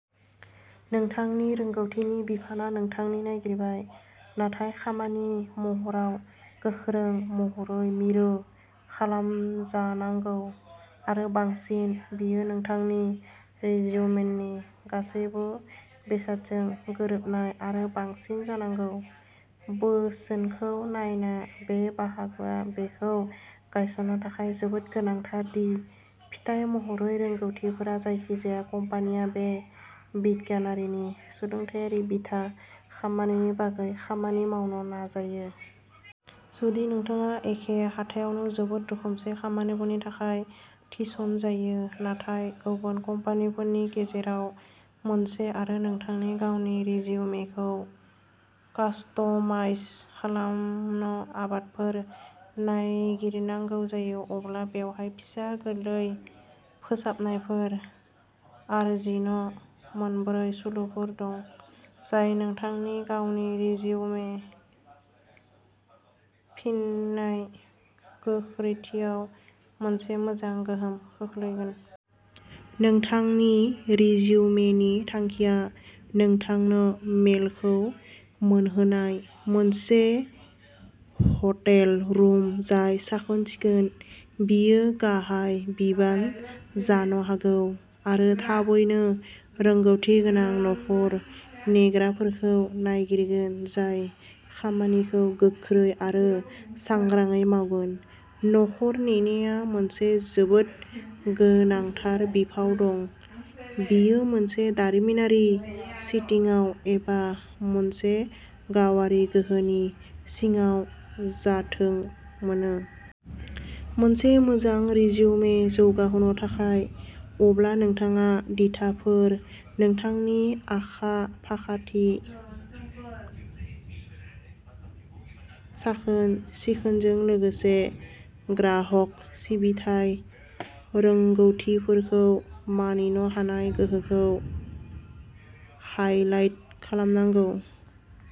नोंथांनि रोंग'थि बिफानआ नोंथांनि नागिरबाय थानाय खामानिनि महराव गोख्रों महरै मिरु खालामजानांगौ आरो बांसिन बेयो नोंथांनि रिज्यूमेनि गासैबो बेसादजों गोरोबनाय आरो बांसिन जानांगौ। बोसोनखौ नायना बे बाहागोआ बेखौ गायसननो थाखाय जोबोद गोनांथार दि फिथाय महरै रोंग'थिफोरा, जायखिजाया कम्पानिया बे बिनायगिरिनि सोलोंथायारि बिथा खालामनायनि बागै खामानि मावनो नाजायो। जुदि नोंथाङा एखे हाथायावनो जोबोद रोखोमसे खामानिफोरनि थाखाय थिसनजायो, नाथाय गुबुन कम्पानिफोरनि गेजेराव मोनसे आरो नोंथांनि गावनि रिज्यूमेखौ कास्टमाइज खालामनो आदबफोर नागिरनांगौ जायो, अब्ला बेवहाय फिसा, गोरलै फोसाबनायफोर आर्जिनो मोनब्रै सोलोफोर दं, जाय नोंथांनि गावनि रिज्यूमे फिननाय गोख्रैथियाव मोनसे मोजां गोहोम खोख्लैगोन। नोंथांनि रिजुमेनि थांखिया नोंथांनो मेलखौ मोनहोनाय। मोनसे ह'टेल रुम जाय साखोन-सिखोन, बेयो गाहाय बिबान जानो हागौ, आरो थाबैनो रोंग'थि गोनां न'खर नेग्राफोरखौ नागिरगोन जाय खामानिखौ गोख्रै आरो सांग्राङै मावगोन। न'खर नेनाया मोनसे जोबोद गोनांथार बिफाव दं, बेयो मोनसे दारिमिनारि सेटिंआव एबा मोनसे गावारि गोहोनि सिङाव जाथों मानो। मोनसे मोजां रिजुमे जौगाहोनो थाखाय, अब्ला नोंथाङा दिथाफोर, नोंथांनि आखा-फाखाथि, साखोन-सिखोनजों लोगोसे ग्राहक सिबिथाइ रोंग'थिफोरखौ मानिनो हानाय गोहोखौ हाईलाइट खालामनांगौ।